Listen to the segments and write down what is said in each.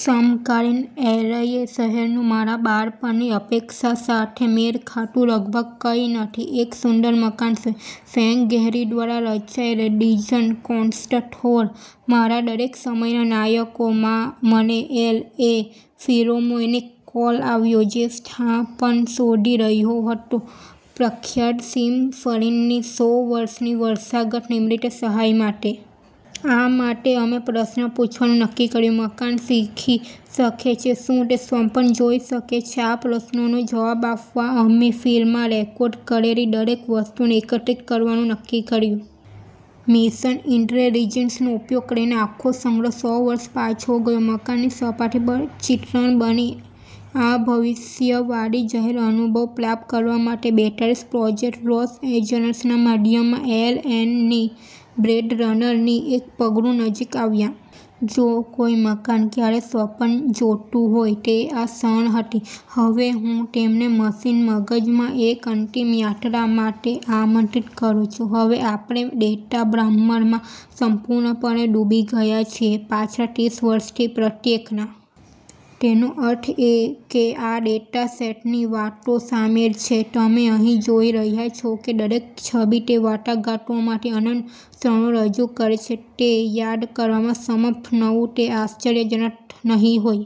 સમકાલીન એલએ શહેરનું મારા બાળપણની અપેક્ષા સાથે મેળ ખાતું લગભગ કંઇ નથી, એક સુંદર મકાન સિવાય: ફ્રેન્ક ગેહરી દ્વારા રચાયેલ ડિઝની કોન્સર્ટ હોલ, મારા દરેક સમયના નાયકો. માં, મને એલ. એ. ફિલ્હાર્મોનિકનો કોલ આવ્યો જે સ્થાપન શોધી રહ્યો હતો પ્રખ્યાત સિમ્ફનીની સો વર્ષની વર્ષગાંઠ નિમિત્તે સહાય માટે. આ માટે, અમે પ્રશ્ન પૂછવાનું નક્કી કર્યું, "મકાન શીખી શકે છે? શું તે સ્વપ્ન જોઈ શકે છે? " આ પ્રશ્નનો જવાબ આપવા, અમે ફિલ માં રેકોર્ડ કરેલી દરેક વસ્તુને એકત્રિત કરવાનું નક્કી કર્યું. મશીન ઇન્ટેલિજન્સનો ઉપયોગ કરીને, આખો સંગ્રહ, સો વર્ષ પાછો ગયો, મકાન ની સપાટી પર ચિત્રણ બની, આ ભવિષ્યવાદી જાહેર અનુભવ પ્રાપ્ત કરવા માટે બેતાલીસ પ્રોજેક્ટર લોસ એન્જલસના મધ્યમાં, એલ. એ. ની "બ્લેડ રનર" ની એક પગલુ નજીક આવ્યા. જો કોઈ મકાન ક્યારેય સ્વપ્ન જોતું હોય, તે આ ક્ષણ હતી. હવે, હું તમને મશીન મગજમાં એક અંતિમ યાત્રા માટે આમંત્રિત કરું છું. હવે, આપણે ડેટા બ્રહ્માંડમાં સંપૂર્ણપણે ડૂબી ગયા છીએ પાછલા ત્રીસ વર્ષથી પ્રત્યેક ના. તેનો અર્થ એ કે આ ડેટા સેટમાં ની વાતો શામેલ છે. તમે અહીં જોઈ રહ્યાં છો તે દરેક છબી તે વાટાઘાટોમાંથી અનન્ય ક્ષણો રજૂ કરે છે. તે યાદ કરવામાં સમર્થ થવું તે આશ્ચર્યજનક નહીં હોય?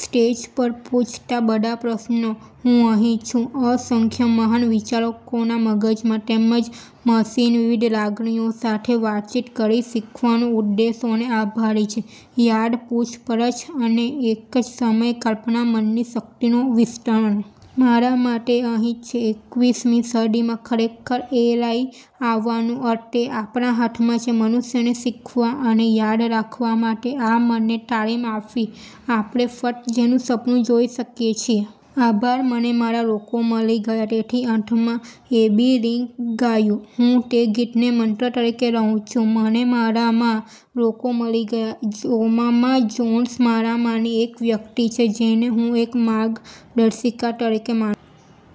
સ્ટેજ પર પૂછાતા બધા પ્રશ્નો? હું અહીં છું, અસંખ્ય મહાન વિચારકોના મગજમાં, તેમજ મશીન, વિવિધ લાગણીઓ સાથે વાતચીત કરી શીખવાના ઉદ્દેશોને આભારી છે યાદ, પૂછપરછ અને એક જ સમયે કલ્પના, મનની શક્તિનો વિસ્તરણ. મારા માટે, અહીં જ છે એકવીસ મી સદીમાં ખરેખર એઆઈ થવાનો અર્થ. તે આપણા હાથમાં છે, મનુષ્યને, શીખવા અને યાદ રાખવા માટે આ મનને તાલીમ આપવી આપણે ફક્ત જેનું સપનું જોઈ શકીએ છીએ. આભાર. "મને મારામાં લોકો મળી ગયા છે. " તેથી અંતમાં એબી લિંકન ગાયું. હું તે ગીતને મંત્ર તરીકે લઉં છું. "મને મારામાં લોકો મળી ગયા છે. " જોમામા જોન્સ મારામાંની એક વ્યક્તિ છે જેને હું એક માર્ગદર્શિકા તરીકે માનુ છું.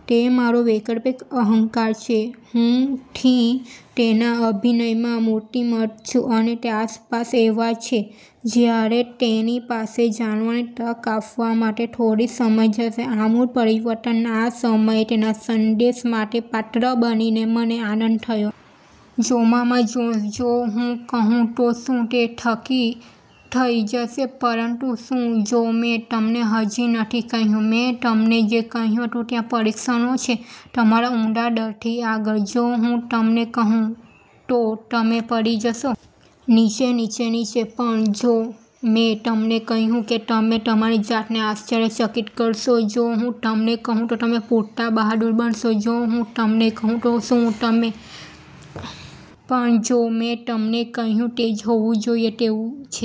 તે મારો વૈકલ્પિક અહંકાર છે. હું થી તેના અભિનયમાં મૂર્તિમંત છું, અને તે આસપાસ આવે છે જ્યારે તેણી પાસે જાણવાની તક આપવા માટે થોડી સમજ હશે. આમૂલ પરિવર્તનના આ સમયે, તેના સંદેશ માટે પાત્ર બનીને મને આનંદ થયો. જોમામા જોન્સ: જો હું કહું તો શું તે ઠીક થઈ જશે... પરંતુ શું જો મેં તમને હજી નથી કહ્યું? મેં તમને જે કહ્યું હતું ત્યાં પરીક્ષણો છે તમારા ઉંડા ડરથી આગળ? જો હું તમને કહું તો તમે પડી જશો... નીચે, નીચે, નીચે? પણ જો મેં તમને કહ્યું કે તમે તમારી જાતને આશ્ચર્યચકિત કરશો? જો હું તમને કહું તો તમે પૂરતા બહાદુર બનશો? જો હું તમને કહું તો શું આપણે બધા તેનામાંથી પસાર થઈશું નહીં? પણ જો મેં તમને કહ્યું તે જ હોવું જોઈએ તેવું છે?